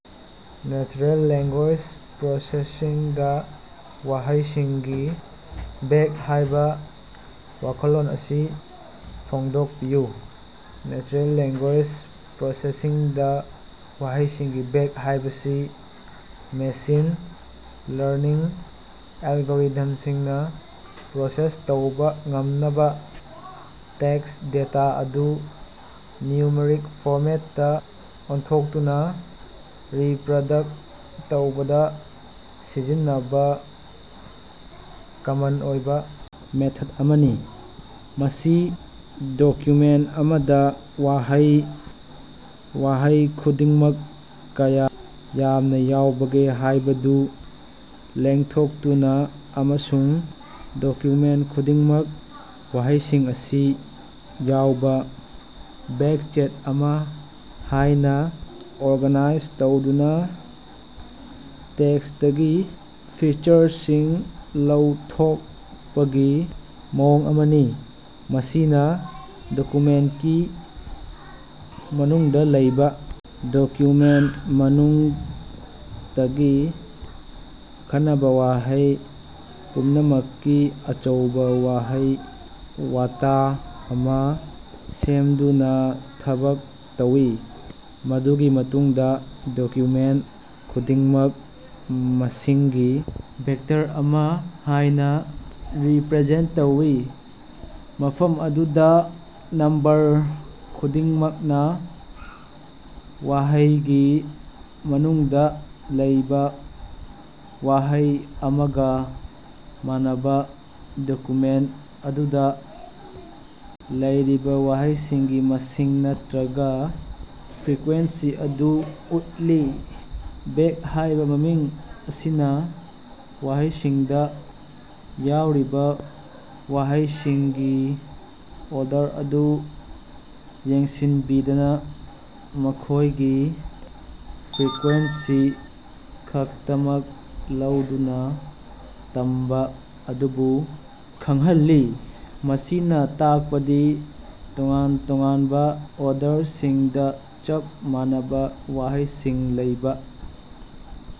Natural language ꯄ꯭ꯔꯣꯁꯦꯁꯤꯡꯗꯥ ꯋꯥꯍꯩꯁꯤꯡꯒꯤ bag ꯍꯥꯏꯕ ꯋꯥꯈꯜꯂꯣꯟ ꯑꯁꯤ ꯐꯣꯡꯗꯣꯛꯄꯤꯌꯨ꯫ ꯅꯦꯆꯔꯦꯜ ꯂꯦꯡꯒꯨꯌꯦꯖ ꯄ꯭ꯔꯣꯁꯦꯁꯤꯡ ꯗꯥ ꯋꯥꯍꯩꯁꯤꯡꯒꯤ ꯕꯦꯒ ꯍꯥꯏꯕꯁꯤ ꯃꯦꯁꯤꯟ ꯂꯔꯅꯤꯡ ꯑꯦꯜꯒꯣꯔꯤꯊꯝꯁꯤꯡꯅ ꯄ꯭ꯔꯣꯁꯦꯁ ꯇꯧꯕ ꯉꯝꯅꯕ ꯇꯦꯛꯁ ꯗꯦꯇꯥ ꯑꯗꯨ ꯅ꯭ꯌꯨꯃꯔꯤꯛ ꯐꯣꯔꯃꯦꯠꯇꯥ ꯑꯣꯟꯊꯣꯛꯇꯨꯅ ꯔꯤꯄꯔꯗꯛ ꯇꯧꯕꯗ ꯁꯤꯖꯤꯟꯅꯕ ꯀꯃꯟ ꯑꯣꯏꯕ ꯃꯦꯊꯗ ꯑꯃꯅꯤ꯫ ꯃꯁꯤ ꯗꯣꯀ꯭ꯌꯨꯃꯦꯟ ꯑꯃꯗ ꯋꯥꯍꯩ ꯈꯨꯗꯤꯡꯃꯛ ꯀꯌꯥ ꯌꯥꯝꯅ ꯌꯥꯎꯕꯒꯦ ꯍꯥꯏꯕꯗꯨ ꯂꯦꯞꯊꯣꯛꯇꯨꯅ, ꯑꯃꯁꯨꯡ ꯗꯣꯀ꯭ꯌꯨꯃꯦꯟ ꯈꯨꯗꯤꯡꯃꯛ ꯋꯥꯍꯩꯁꯤꯡ ꯑꯁꯤ ꯌꯥꯎꯕꯥ ꯕꯦꯒ ꯁꯦꯠ ꯑꯃꯥ ꯑꯣꯏꯅꯥ ꯑꯣꯔꯒꯥꯅꯥꯏꯖ ꯇꯧꯗꯨꯅ ꯇꯦꯛꯁꯇꯒꯤ ꯐꯤꯆꯔꯁꯤꯡ ꯂꯧꯊꯣꯛꯄꯒꯤ ꯃꯑꯣꯡ ꯑꯃꯅꯤ꯫ ꯃꯁꯤꯅ ꯗꯦꯇꯥꯁꯦꯠꯀꯤ ꯃꯅꯨꯡꯗ ꯂꯩꯕꯥ ꯗꯣꯀ꯭ꯌꯨꯃꯦꯟ ꯄꯨꯝꯅꯃꯛꯇꯒꯤ ꯑꯈꯟꯅꯕ ꯋꯥꯍꯩ ꯄꯨꯝꯅꯃꯛꯀꯤ ꯑꯆꯧꯕ ꯋꯥꯍꯩ-ꯋꯥꯇꯥ ꯑꯃꯥ ꯁꯦꯝꯗꯨꯅ ꯊꯕꯛ ꯇꯧꯏ, ꯃꯗꯨꯒꯤ ꯃꯇꯨꯡꯗ ꯗꯣꯀ꯭ꯌꯨꯃꯦꯟ ꯈꯨꯗꯤꯡꯃꯛ ꯃꯁꯤꯡꯒꯤ ꯚꯦꯛꯇꯔ ꯑꯃꯥ ꯑꯣꯏꯅꯥ ꯔꯤꯄꯔꯖꯦꯟ ꯇꯧꯏ, ꯃꯐꯝ ꯑꯗꯨꯗ ꯅꯝꯕꯔ ꯈꯨꯗꯤꯡꯃꯛꯅ ꯋꯥꯍꯩꯒꯤ ꯃꯅꯨꯡꯗ ꯂꯩꯕꯥ ꯋꯥꯍꯩ ꯑꯃꯒ ꯃꯥꯟꯅꯕ ꯗꯣꯀ꯭ꯌꯨꯃꯦꯟ ꯑꯗꯨꯗꯥ ꯂꯩꯔꯤꯕ ꯋꯥꯍꯩꯁꯤꯡꯒꯤ ꯃꯁꯤꯡ ꯅꯠꯇꯔꯒ ꯐ꯭ꯔꯤꯀ꯭ꯋ‌ꯦꯟꯁꯤ ꯑꯗꯨ ꯎꯠꯂꯤ꯫ ꯕꯦꯒ ꯍꯥꯏꯕ ꯃꯃꯤꯡ ꯑꯁꯤꯅ ꯋꯥꯍꯩꯁꯤꯡꯗ ꯌꯥꯎꯔꯤꯕ ꯋꯥꯍꯩꯁꯤꯡꯒꯤ ꯑꯣꯔꯗꯔ ꯑꯗꯨ ꯌꯦꯡꯁꯤꯟꯕꯤꯗꯕ, ꯃꯈꯣꯏꯒꯤ ꯐ꯭ꯔꯤꯀ꯭ꯋ‌ꯦꯟꯁꯤ ꯈꯛꯇꯃꯛ ꯂꯧꯗꯨꯅ ꯊꯝꯕ ꯑꯗꯨꯕꯨ ꯈꯪꯍꯜꯂꯤ꯫ ꯃꯁꯤꯅ ꯇꯥꯛꯄꯗꯤ ꯇꯣꯉꯥꯟ ꯇꯣꯉꯥꯟꯕ ꯑꯣꯔꯗꯔꯁꯤꯡꯗ ꯆꯞ ꯃꯥꯟꯅꯕ ꯋꯥꯍꯩꯁꯤꯡ ꯂꯩꯕ